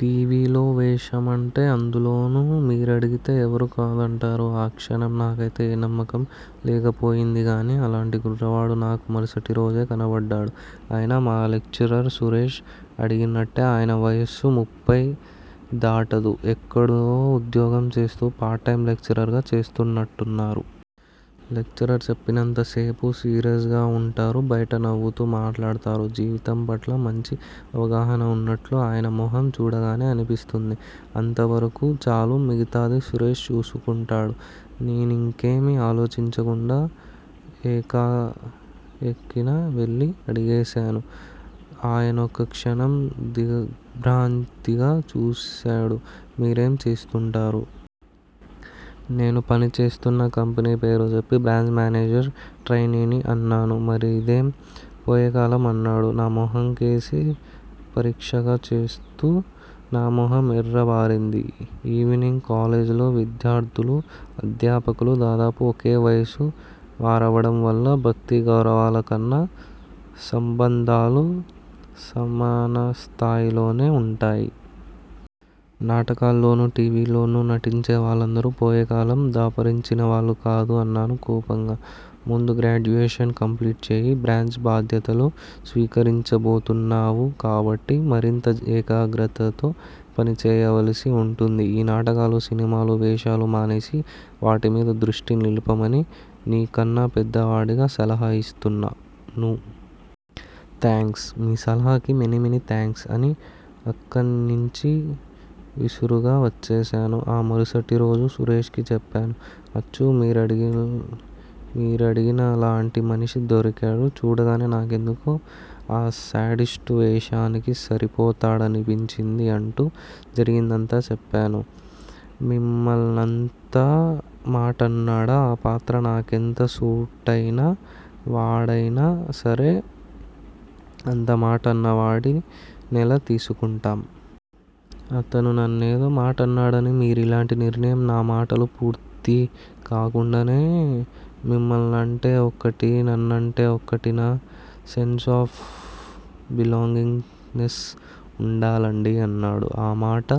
Tea. V. లో వేషమంటే- అందులోనూ మీరడిగితే ఎవరు కాదంటారు? ఆ క్షణం నాకైతే ఏ నమ్మకం లేకపోయింది కానీ అలాంటి కుర్రవాడు నాకు మరుసటిరోజే కనబడ్డాడు. ఆయన మా లెక్చరర్. సురేష్ అడిగినట్టే ఆయన వయస్సు ముప్పై దాటదు. ఎక్కడో ఉద్యోగం చేస్తూ పార్ట్ టైమ్ లెక్చరర్ గా చేస్తున్నట్టున్నారు. లెక్చర్ చెప్పినంతసేపూ సీరియస్ గా వుంటారు. బయట నవ్వుతూ మాట్లాడతారు. జీవితం పట్ల మంచి అవగాహన వున్నట్టు ఆయన మొహం చూడగానే అనిపిస్తూంది. అంతవరకూ చాలు. మిగతాది సురేష్ చూసుకుంటాడు. నేనింకేమీ ఆలోచించకుండా ఎకాఎకిన వెళ్ళి అడిగేశాను. ఆయనొక క్షణం దిగ్భ్రాంతిగా చూశాడు. మీరేం చేస్తుంటారు? నేను పనిచేస్తున్న కంపెనీ పేరు చెప్పి, బ్రాంచ్ మేనేజర్ ట్రైనీని అన్నాను. మరిదేం పోయేకాలం? అన్నాడు నా మొహంకేసి పరీక్షగా చూస్తూ. నా మొహం ఎర్రబారింది. ఈవెనింగ్ కాలేజీలో విద్యార్థులూ, అధ్యాపకులూ దాదాపు ఒకే వయసు వారవడం వల్ల భక్తి, గౌరవాలకన్నా సంబంధాలు సమానస్థాయిలోనే వుంటాయి. నాటకాల్లోనూ, టీవీల్లోనూ నటించే వాళ్ళందరూ పోయేకాలం దాపురించిన వాళ్ళు కాదు! అన్నాను కోపంగా. ముందు గ్రాడ్యుయేషన్ కంప్లీట్ చెయ్యి. బ్రాంచ్ బాధ్యతలు స్వీకరించబోతున్నావు కాబట్టి మరింత ఏకాగ్రతతో పనిచేయవలసి వుంటుంది. ఈ నాటకాలు, సినిమాల వేషాలు మానేసి వాటిమీద దృష్టి నిలపమని నీకన్నా పెద్దవాడిగా సలహా యిస్తున్నాను! థాంక్స్! మీ సలహాకి మెనీ మెనీ థాంక్స్! అని అక్కణ్ణించి విసురుగా వచ్చేశాను. ఆ మరుసటిరోజు సురేష్ కి చెప్పాను- అచ్చు మీరడిగినలాంటి మనిషి దొరికాడు. చూడగనే నాకెందుకో ఆ శాడిస్టువేషానికి సరిపోతాడనిపించింది! అంటూ జరిగినదంతా చెప్పాను. మిమ్మల్నంత మాటన్నాడా! ఆ పాత్ర నాకెంత సూటైన వాడైనా సరే అంత మాటన్నవాడి నెలా తీసుకుంటాం? అతను నన్నేదో మాటన్నాడని మీరిలాంటి నిర్ణయం నా మాటలు పూర్తికాకుండానే, మిమ్మల్నంటే ఒకటీ, నన్నంటే ఒకటీనా? సెన్స్ ఆఫ్ బిలాంగింగ్ నెస్ వుండాలండీ! అన్నాడు. ఆ మాట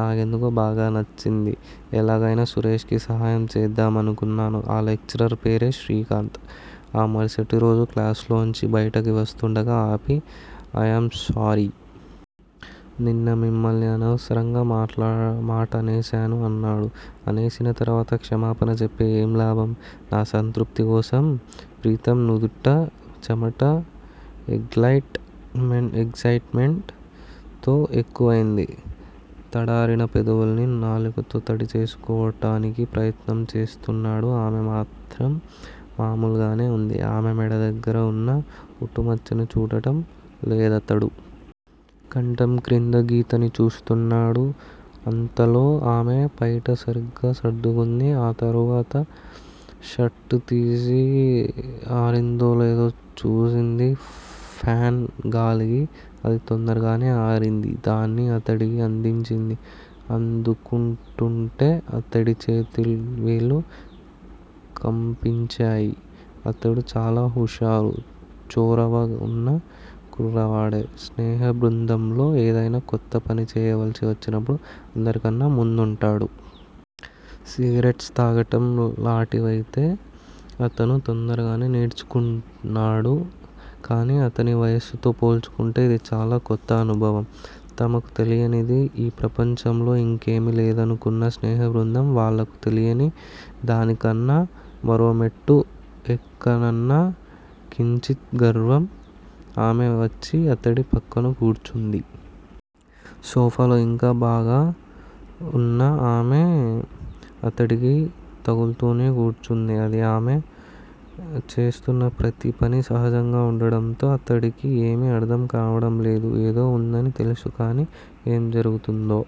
నాకెందుకో బాగా నచ్చింది. ఎలాగైనా సురేష్ కి సహాయం చేద్దామనుకున్నాను. ఆ లెక్చరర్ పేరే శ్రీకాంత్. ఆ మరుసటిరోజు క్లాసునుంచి బయటికి వస్తూండగా ఆపి, అయామ్ సారీ! నిన్న మిమ్మల్ని అనవసరంగా మాటనేశాను! అన్నాడు. అనేసిన తర్వాత క్షమాపణ చెప్పి ఏం లాభం? నా సంతృప్తి కోసం. ప్రీతమ్ నుదుట చెమట ఎగ్జాయిట్ మెంట్ తో ఎక్కువైంది. తడారిన పెదవుల్ని నాలుకతో తడి చేసుకోవటానికి ప్రయత్నం చేస్తున్నాడు. ఆమె మాత్రం మామూలుగానే వుంది. ఆమె మెడ దగ్గిర వున్న పుట్టుమచ్చని చూడటం లేదతడు. కంఠం క్రింద గీతని చూస్తున్నాడు. అంతలో ఆమె పైట సరిగ్గా సర్దుకుంది. ఆ తరువాత షర్టుతీసి ఆరిందోలేదో చూసింది. ఫాన్ గాలికి అది తొందరగానే ఆరింది. దాన్ని అతడి అందించింది. అందుకుంటూంటే అతడి చేతివేళ్ళు కంపించాయి. అతడు చాలా హుషారు, చొరవ వున్న కుర్రవాడే. స్నేహబృందంలో ఏదైనా కొత్త పని చేయవలసి వచ్చినప్పుడు అందరికన్నా ముందుంటాడు. సిగరెట్స్ తాగటం లాటివైతే అతను తొందరగానే నేర్చుకున్నాడు. కానీ అతని వయస్సుతో పోల్చుకుంటే ఇది చాలా కొత్త అనుభవం. తమకు తెలియనిది ఈ ప్రపంచంలో ఇంకేమీ లేదనుకున్న స్నేహబృందం- వాళ్ళకు తెలియని దానికన్నా మరోమెట్టు ఎక్కానన్న కించిత్ గర్వం. ఆమె వచ్చి అతడి పక్కన కూర్చుంది. సోఫాలో ఇంకా బాగా వున్నా, ఆమె అతడికి తగుల్తూనే కూర్చుంది. ఆమె చేస్తున్న ప్రతీ పని సహజంగా వుండటంతో అతడికి ఏమీ అర్థంకావడంలేదు. ఏదో వుందని తెలుసు-కానీ ఏం జరుగుతూందో